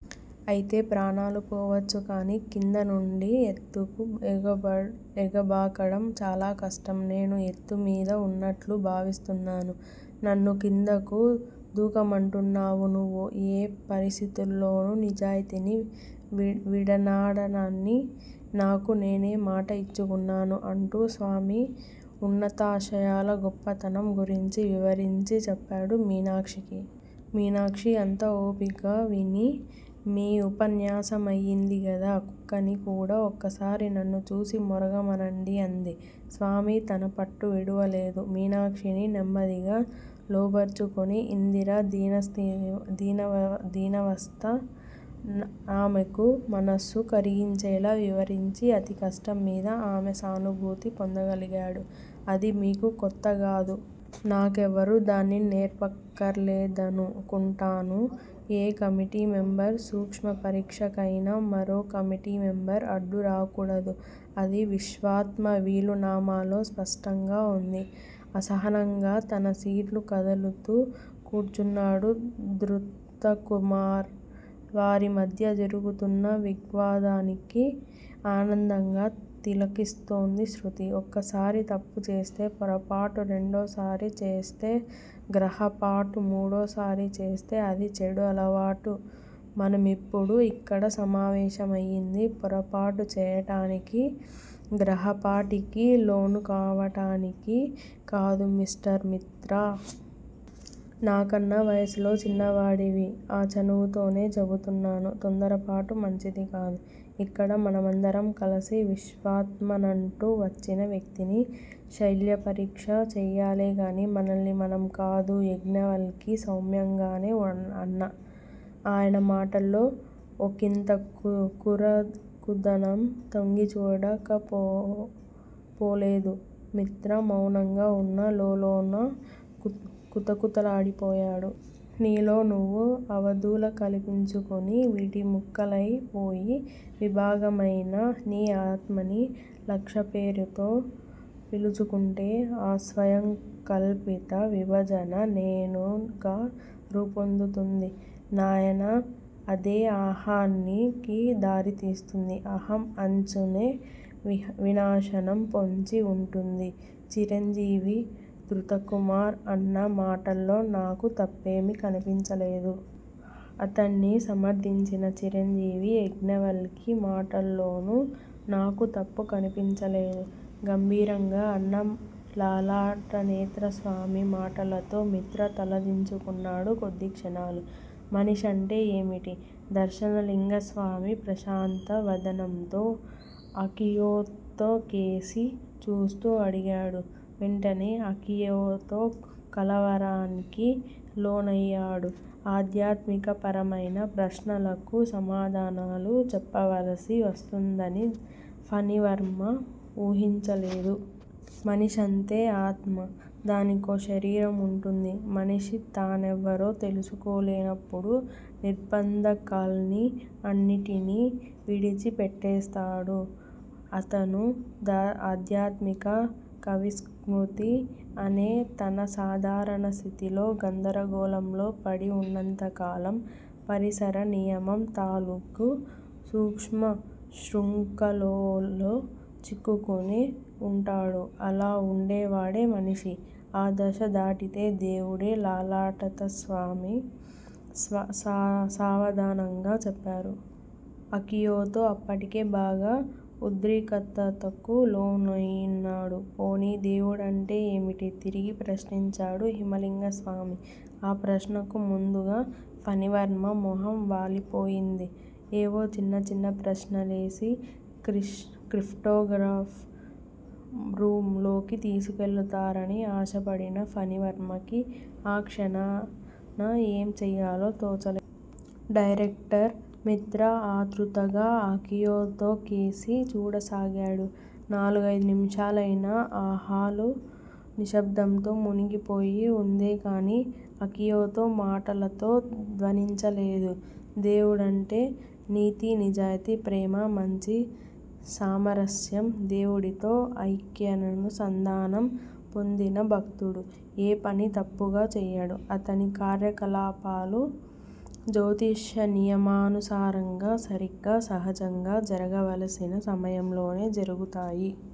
అయితే ప్రాణాలు పోవచ్చు. కాని క్రింద నుండి ఎత్తుకు ఎగబాకడం చాలా కష్టం. నేను ఎత్తుమీద ఉన్నట్లు భావిస్తున్నాను. నన్ను క్రిందకు దూకమంటున్నావు నువ్వు. ఏ పరిస్థితుల్లోనూ నిజాయితీని విడనాడనని నాకు నేనే మాట ఇచ్చుకున్నాను అంటూ స్వామి ఉన్నతాశయాల గొప్పతనం గురించి వివరించి చెప్పాడు మీనాక్షికి. మీనాక్షి అంతా ఓపిగ్గా విని- మీ ఉపన్యాసమయింది గదా-కుక్కని కూడా ఓసారి నన్ను చూసి మొరగమనండి అంది. స్వామి తన పట్టు విడువలేదు. మీనాక్షిని నెమ్మదిగా లోబరచుకొని ఇందిర దీనావస్థ నామెకు మనసు కరిగించేలా వివరించి, అతికష్టం మీద ఆమె సానుభూతి పొందగలిగాడు. అది మీకు కొత్తగాదు. నాకెవరూ దాన్ని నేర్పక్కర్లేదను కుంటాను. ఏ కమిటీ మెంబర్ సూక్ష్మ పరీక్షకయినా మరో కమిటీ మెంబర్ అడ్డు రాకూడదు. అది విశ్వాత్మ వీలునామాలో స్పష్టంగా వుంది అసహనంగా తన సీట్లో కదులుతూ కూర్చున్నాడు ధృతకుమార్. వారిమధ్య జరుగుతున్న వాగ్వివాదాన్ని ఆనందంగా తిలకిస్తోంది శృతి. ఒకసారి తప్పుచేస్తే పొరపాటు- రెండోసారి చేస్తే గ్రహపాటు- మూడోసారి చేస్తే అది చెడ్డ అలవాటు మనమిప్పుడు ఇక్కడ సమావేశమయింది పొరపాటు చేయటానికి, గ్రహపాటుకి లోనుకావటానికి కాదు మిస్టర్ మిత్రా. నాకన్నా వయస్సులో చిన్నవాడివి- ఆ చనువుతోనే చెబుతున్నాను. తొందరపాటు మంచిది కాదు. ఇక్కడ మనమందరం కలిసి విశ్వాత్మనంటూ వచ్చిన వ్యక్తిని శల్యపరీక్ష చేయాలేగాని మనల్ని మనంకాదు యజ్ఞవల్కి సౌమ్యంగానే అన్నా, ఆయన మాటల్లో ఒకింత కరుకుదనం తొంగిచూడక పోలేదు. మిత్రా మౌనంగా వున్నా, లోలోన కుతకుతలాడిపోయాడు. నీలో నువ్వు అవధులు కల్పించుకుని, విడి ముక్కలై పోయి, విభాగమయిన నీ ఆత్మని లక్షపేర్లతో పిలుచుకుంటే ఆ స్వయంకల్పిత విభజన 'నేను'గా రూపొందుతుంది నాయనా అదే అహానికి దారితీస్తుంది. అహం అంచునే వినాశనం పొంచి వుంటుంది. చిరంజీవి ధృతకుమార్ అన్న మాటల్లో నాకు తప్పేమీ కనిపించలేదు. అతడ్ని సమర్ధించిన చిరంజీవి యజ్ఞవల్కి మాటల్లోనూ నాకు తప్పు కనిపించలేదు గంభీరంగా అన్న లలాటనేత్రస్వామి మాటలతో మిత్రా తలదించుకున్నాడు కొద్దిక్షణాలు. మనిషంటే ఏమిటి? దర్శనలింగస్వామి ప్రశాంత వదనంతో అకియోతోకేసి చూస్తూ అడిగాడు. వెంటనే అకియోతో కలవరానికి లోనయ్యాడు- ఆధ్యాత్మికపరమైన ప్రశ్నలకు సమాధానాలు చెప్పవలసి వస్తుందని ఫణివర్మ వూహించలేదు. మనిషంతే ఆత్మ. దానికో శరీరం వుంటుంది. మనిషి తానెవరో తెలుసుకోలేనప్పుడు నిర్భంధకాల్ని అన్నిటినీ విడిచిపెట్టేస్తాడు. అతను ఆధ్యాత్మిక కవిస్మృతి అనే తన సాధారణ స్థితిలో గందరగోళంలో పడి వున్నంత కాలం పరిసర నియమం తాలూకు సూక్ష్మ శృంఖలాల్లో చిక్కుకొనే వుంటాడు. అలా వుండేవాడే మనిషి- ఆ దశ దాటితే దేవుడే లలాటనేత్రస్వామి సావధానంగా చెప్పారు. అకియోతో అప్పటికే బాగా ఉద్రిక్తతకు లోనయి వున్నాడు. పోనీ దేవుడంటే ఏమిటి? తిరిగి ప్రశ్నించాడు హిమలింగస్వామి. ఆ ప్రశ్నకు ముందుగా ఫణివర్మ మొహం వాలిపోయింది. ఏవో చిన్న చిన్న ప్రశ్నలేసి, క్రిప్టోగ్రాఫ్ రూమ్ లోకి తీసుకెళతారని ఆశపడిన ఫణివర్మకి ఆ క్షణాన ఏం చేయాలో తోచలేదు. డైరెక్టర్ మిత్రా ఆత్రుతగా అకియోతోకేసి చూడసాగాడు. నాలుగైదు నిమిషాలయినా ఆ హాలు నిశ్శబ్దంతో మునిగిపోయి వుందేకాని, అకియోతో మాటలతో ధ్వనించలేదు. దేవుడంటే నీతి-నిజాయితీ-ప్రేమ-మంచి-సామరస్యం. దేవుడితో ఐక్యానుసంధానం పొందిన భక్తుడు ఏ పనీ తప్పుగా చేయడు. అతని కార్యకలాపాలు జ్యోతిష నియమానుసారంగా, సరిగా, సహజంగా జరగవలసిన సమయంలోనే జరుగుతాయి.